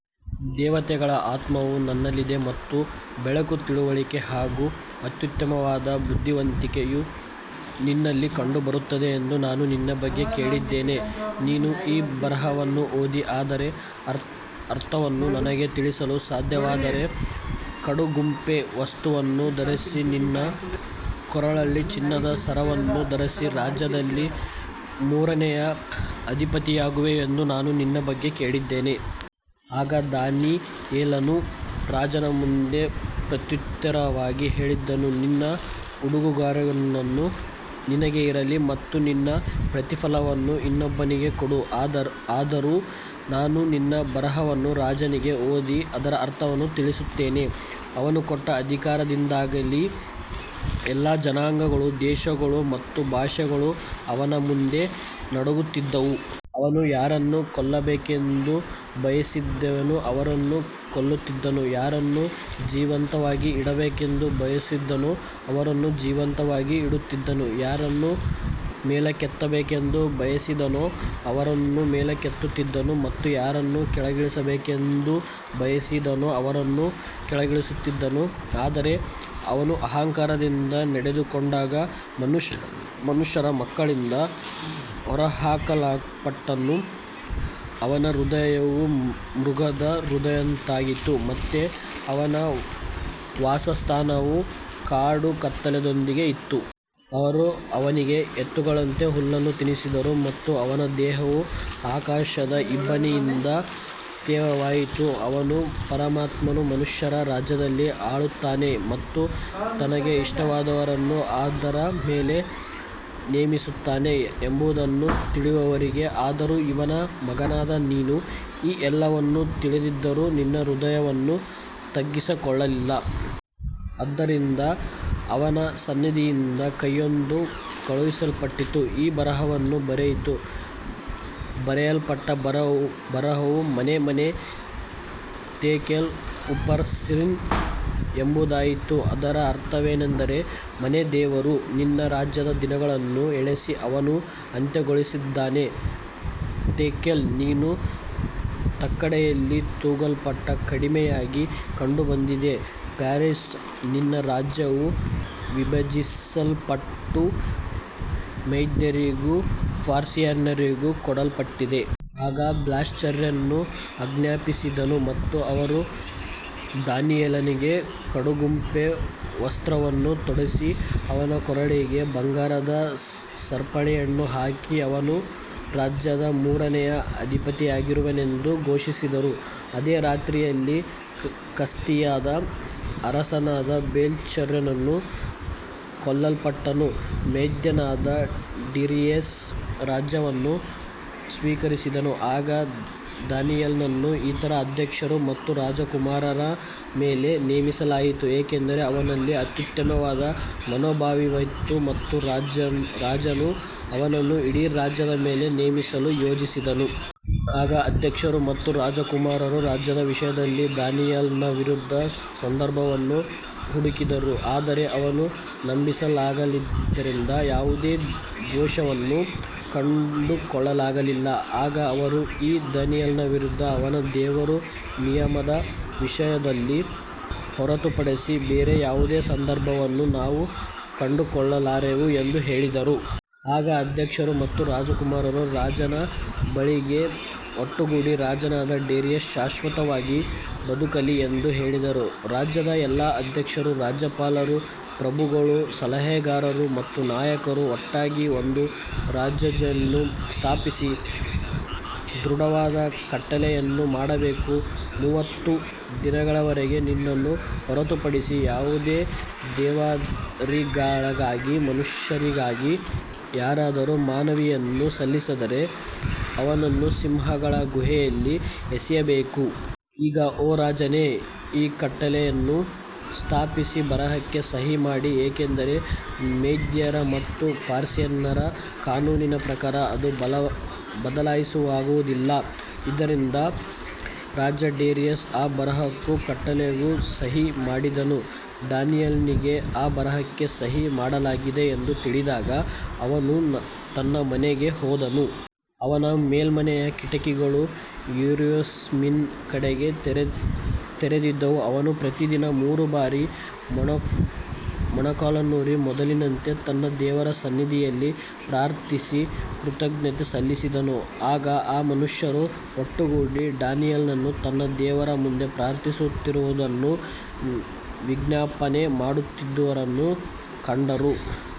ದೇವತೆಗಳ ಆತ್ಮವು ನಿನ್ನಲ್ಲಿದೆ ಮತ್ತು ಬೆಳಕು, ತಿಳುವಳಿಕೆ ಹಾಗೂ ಅತ್ಯುತ್ತಮವಾದ ಬುದ್ಧಿವಂತಿಕೆಯು ನಿನ್ನಲ್ಲಿ ಕಂಡುಬರುತ್ತದೆ ಎಂದು ನಾನು ನಿನ್ನ ಬಗ್ಗೆ ಕೇಳಿದ್ದೇನೆ. ನೀನು ಈ ಬರಹವನ್ನು ಓದಿ ಅದರ ಅರ್ಥವನ್ನು ನನಗೆ ತಿಳಿಸಲು ಸಾಧ್ಯವಾದರೆ, ಕಡುಗೆಂಪು ವಸ್ತ್ರವನ್ನು ಧರಿಸಿ, ನಿನ್ನ ಕೊರಳಲ್ಲಿ ಚಿನ್ನದ ಸರವನ್ನು ಧರಿಸಿ, ರಾಜ್ಯದಲ್ಲಿ ಮೂರನೆಯ ಅಧಿಪತಿಯಾಗುವೆ ಎಂದು ನಾನು ನಿನ್ನ ಬಗ್ಗೆ ಕೇಳಿದ್ದೇನೆ. ಆಗ ದಾನಿಯೇಲನು ರಾಜನ ಮುಂದೆ ಪ್ರತ್ಯುತ್ತರವಾಗಿ ಹೇಳಿದನು, ನಿನ್ನ ಉಡುಗೊರೆಗಳು ನಿನಗೇ ಇರಲಿ ಮತ್ತು ನಿನ್ನ ಪ್ರತಿಫಲವನ್ನು ಇನ್ನೊಬ್ಬನಿಗೆ ಕೊಡು. ಆದರೂ ನಾನು ಈ ಬರಹವನ್ನು ರಾಜನಿಗೆ ಓದಿ ಅದರ ಅರ್ಥವನ್ನು ತಿಳಿಸುತ್ತೇನೆ. ಅವನು ಕೊಟ್ಟ ಅಧಿಕಾರದಿಂದಾಗಿ ಎಲ್ಲಾ ಜನಾಂಗಗಳು, ದೇಶಗಳು ಮತ್ತು ಭಾಷೆಗಳು ಅವನ ಮುಂದೆ ನಡುಗುತ್ತಿದ್ದವು. ಅವನು ಯಾರನ್ನು ಕೊಲ್ಲಬೇಕೆಂದು ಬಯಸಿದನೋ ಅವರನ್ನು ಕೊಲ್ಲುತ್ತಿದ್ದನು, ಯಾರನ್ನು ಜೀವಂತವಾಗಿ ಇಡಬೇಕೆಂದು ಬಯಸಿದನೋ ಅವರನ್ನು ಜೀವಂತವಾಗಿ ಇಡುತ್ತಿದ್ದನು, ಯಾರನ್ನು ಮೇಲಕ್ಕೆತ್ತಬೇಕೆಂದು ಬಯಸಿದನೋ ಅವರನ್ನು ಮೇಲಕ್ಕೆತ್ತುತ್ತಿದ್ದನು ಮತ್ತು ಯಾರನ್ನು ಕೆಳಗಿಳಿಸಬೇಕೆಂದು ಬಯಸಿದನೋ ಅವರನ್ನು ಕೆಳಗಿಳಿಸುತ್ತಿದ್ದನು. ಆದರೆ ಅವನು ಅಹಂಕಾರದಿಂದ ನಡೆದುಕೊಂಡಾಗ ಮನುಷ್ಯರ ಮಕ್ಕಳಿಂದ ಹೊರಹಾಕಲ್ಪಟ್ಟನು. ಅವನ ಹೃದಯವು ಮೃಗದ ಹೃದಯದಂತಾಯಿತು ಮತ್ತು ಅವನ ವಾಸಸ್ಥಾನವು ಕಾಡು ಕತ್ತೆಗಳೊಂದಿಗೆ ಇತ್ತು. ಅವರು ಅವನಿಗೆ ಎತ್ತುಗಳಂತೆ ಹುಲ್ಲನ್ನು ತಿನ್ನಿಸಿದರು ಮತ್ತು ಅವನ ದೇಹವು ಆಕಾಶದ ಇಬ್ಬನಿಯಿಂದ ತೇವವಾಯಿತು, ಅವನು ಪರಮಾತ್ಮನು ಮನುಷ್ಯರ ರಾಜ್ಯದಲ್ಲಿ ಆಳುತ್ತಾನೆ ಮತ್ತು ತನಗೆ ಇಷ್ಟವಾದವರನ್ನು ಅದರ ಮೇಲೆ ನೇಮಿಸುತ್ತಾನೆ ಎಂಬುದನ್ನು ತಿಳಿಯುವವರೆಗೆ. ಆದರೂ ಅವನ ಮಗನಾದ ನೀನು ಈ ಎಲ್ಲವನ್ನೂ ತಿಳಿದಿದ್ದರೂ ನಿನ್ನ ಹೃದಯವನ್ನು ತಗ್ಗಿಸಿಕೊಳ್ಳಲಿಲ್ಲ. ಆದ್ದರಿಂದ ಅವನ ಸನ್ನಿಧಿಯಿಂದ ಕೈಯೊಂದು ಕಳುಹಿಸಲ್ಪಟ್ಟು ಈ ಬರಹವನ್ನು ಬರೆಯಿತು. ಬರೆಯಲ್ಪಟ್ಟ ಬರಹವು ಮೆನೆ, ಮೆನೆ, ತೆಕೆಲ್, ಉಪರ್ಸಿನ್ ಎಂಬುದಾಗಿತ್ತು. ಇದರ ಅರ್ಥವೇನೆಂದರೆ, ಮೆನೆ, ದೇವರು ನಿನ್ನ ರಾಜ್ಯದ ದಿನಗಳನ್ನು ಎಣಿಸಿ ಅದನ್ನು ಅಂತ್ಯಗೊಳಿಸಿದ್ದಾನೆ. ತೆಕೆಲ್, ನೀನು ತಕ್ಕಡಿಯಲ್ಲಿ ತೂಗಲ್ಪಟ್ಟು ಕಡಿಮೆಯಾಗಿ ಕಂಡುಬಂದಿದ್ದೀ. ಪೆರೆಸ್, ನಿನ್ನ ರಾಜ್ಯವು ವಿಭಜಿಸಲ್ಪಟ್ಟು ಮೇದ್ಯರಿಗೂ ಪರ್ಷಿಯನ್ನರಿಗೂ ಕೊಡಲ್ಪಟ್ಟಿದೆ. ಆಗ ಬೇಲ್ಶಚ್ಚರನು ಆಜ್ಞಾಪಿಸಿದನು ಮತ್ತು ಅವರು ದಾನಿಯೇಲನಿಗೆ ಕಡುಗೆಂಪು ವಸ್ತ್ರವನ್ನು ತೊಡಿಸಿ, ಅವನ ಕೊರಳಿಗೆ ಬಂಗಾರದ ಸರಪಣಿಯನ್ನು ಹಾಕಿ, ಅವನು ರಾಜ್ಯದಲ್ಲಿ ಮೂರನೆಯ ಅಧಿಪತಿಯಾಗಿರುವನೆಂದು ಘೋಷಿಸಿದರು. ಅದೇ ರಾತ್ರಿಯಲ್ಲಿ ಕಸ್ದೀಯರ ಅರಸನಾದ ಬೇಲ್ಶಚ್ಚರನು ಕೊಲ್ಲಲ್ಪಟ್ಟನು. ಮೇದ್ಯನಾದ ಡೇರಿಯಸ್ ರಾಜ್ಯವನ್ನು ಸ್ವೀಕರಿಸಿದನು. ಆಗ ದಾನಿಯೇಲನನ್ನು ಇತರ ಅಧ್ಯಕ್ಷರು ಮತ್ತು ರಾಜಕುಮಾರರ ಮೇಲೆ ನೇಮಿಸಲಾಯಿತು, ಏಕೆಂದರೆ ಅವನಲ್ಲಿ ಅತ್ಯುತ್ತಮವಾದ ಮನೋಭಾವವಿತ್ತು ಮತ್ತು ರಾಜನು ಅವನನ್ನು ಇಡೀ ರಾಜ್ಯದ ಮೇಲೆ ನೇಮಿಸಲು ಯೋಚಿಸಿದನು. ಆಗ ಅಧ್ಯಕ್ಷರು ಮತ್ತು ರಾಜಕುಮಾರರು ರಾಜ್ಯದ ವಿಷಯದಲ್ಲಿ ದಾನಿಯೇಲನ ವಿರುದ್ಧ ಸಂದರ್ಭವನ್ನು ಹುಡುಕಿದರು, ಆದರೆ ಅವನು ನಂಬಿಗಸ್ತನಾಗಿದ್ದರಿಂದ ಯಾವುದೇ ದೋಷವನ್ನೂ ಕಂಡುಕೊಳ್ಳಲಾಗಲಿಲ್ಲ. ಆಗ ಅವರು, ಈ ದಾನಿಯೇಲನ ವಿರುದ್ಧ ಅವನ ದೇವರ ನಿಯಮದ ವಿಷಯದಲ್ಲಿ ಹೊರತುಪಡಿಸಿ ಬೇರೆ ಯಾವುದೇ ಸಂದರ್ಭವನ್ನು ನಾವು ಕಂಡುಕೊಳ್ಳಲಾರೆವು ಎಂದು ಹೇಳಿದರು. ಆಗ ಅಧ್ಯಕ್ಷರು ಮತ್ತು ರಾಜಕುಮಾರರು ರಾಜನ ಬಳಿಗೆ ಒಟ್ಟುಗೂಡಿ, ರಾಜನಾದ ಡೇರಿಯಸ್ ಶಾಶ್ವತವಾಗಿ ಬದುಕಲಿ ಎಂದು ಹೇಳಿದರು. ರಾಜ್ಯದ ಎಲ್ಲಾ ಅಧ್ಯಕ್ಷರು, ರಾಜ್ಯಪಾಲರು, ಪ್ರಭುಗಳು, ಸಲಹೆಗಾರರು ಮತ್ತು ನಾಯಕರು ಒಟ್ಟಾಗಿ ಒಂದು ರಾಜಾಜ್ಞೆಯನ್ನು ಸ್ಥಾಪಿಸಿ, ದೃಢವಾದ ಕಟ್ಟಳೆಯನ್ನು ಮಾಡಬೇಕು. ಮೂವತ್ತು ದಿನಗಳವರೆಗೆ ನಿನ್ನನ್ನು ಹೊರತುಪಡಿಸಿ ಯಾವುದೇ ದೇವರಿಗಾಗಲಿ ಮನುಷ್ಯನಿಗಾಗಲಿ ಯಾರಾದರೂ ಮನವಿಯನ್ನು ಸಲ್ಲಿಸಿದರೆ, ಅವನನ್ನು ಸಿಂಹಗಳ ಗುಹೆಯಲ್ಲಿ ಎಸೆಯಬೇಕು. ಈಗ ಓ ರಾಜನೇ, ಈ ಕಟ್ಟಳೆಯನ್ನು ಸ್ಥಾಪಿಸಿ ಬರಹಕ್ಕೆ ಸಹಿ ಮಾಡು, ಏಕೆಂದರೆ ಮೇದ್ಯರ ಮತ್ತು ಪರ್ಷಿಯನ್ನರ ಕಾನೂನಿನ ಪ್ರಕಾರ ಅದು ಬದಲಾಯಿಸಲಾಗುವುದಿಲ್ಲ. ಆದ್ದರಿಂದ ರಾಜ ಡೇರಿಯಸ್ ಆ ಬರಹಕ್ಕೂ ಕಟ್ಟಳೆಗೂ ಸಹಿ ಮಾಡಿದನು. ದಾನಿಯೇಲನಿಗೆ ಆ ಬರಹಕ್ಕೆ ಸಹಿ ಮಾಡಲಾಗಿದೆ ಎಂದು ತಿಳಿದಾಗ, ಅವನು ತನ್ನ ಮನೆಗೆ ಹೋದನು. ಅವನ ಮೇಲ್ಮನೆಯ ಕಿಟಕಿಗಳು ಯೆರೂಸಲೇಮಿನ ಕಡೆಗೆ ತೆರೆದಿದ್ದವು. ಅವನು ಪ್ರತಿದಿನ ಮೂರು ಬಾರಿ ಮೊಣಕಾಲೂರಿ, ಮೊದಲಿನಂತೆ ತನ್ನ ದೇವರ ಸನ್ನಿಧಿಯಲ್ಲಿ ಪ್ರಾರ್ಥಿಸಿ ಕೃತಜ್ಞತೆ ಸಲ್ಲಿಸಿದನು. ಆಗ ಆ ಮನುಷ್ಯರು ಒಟ್ಟುಗೂಡಿ ದಾನಿಯೇಲನು ತನ್ನ ದೇವರ ಮುಂದೆ ಪ್ರಾರ್ಥಿಸುತ್ತಿರುವುದನ್ನೂ ವಿಜ್ಞಾಪನೆ ಮಾಡುತ್ತಿರುವುದನ್ನೂ ಕಂಡರು.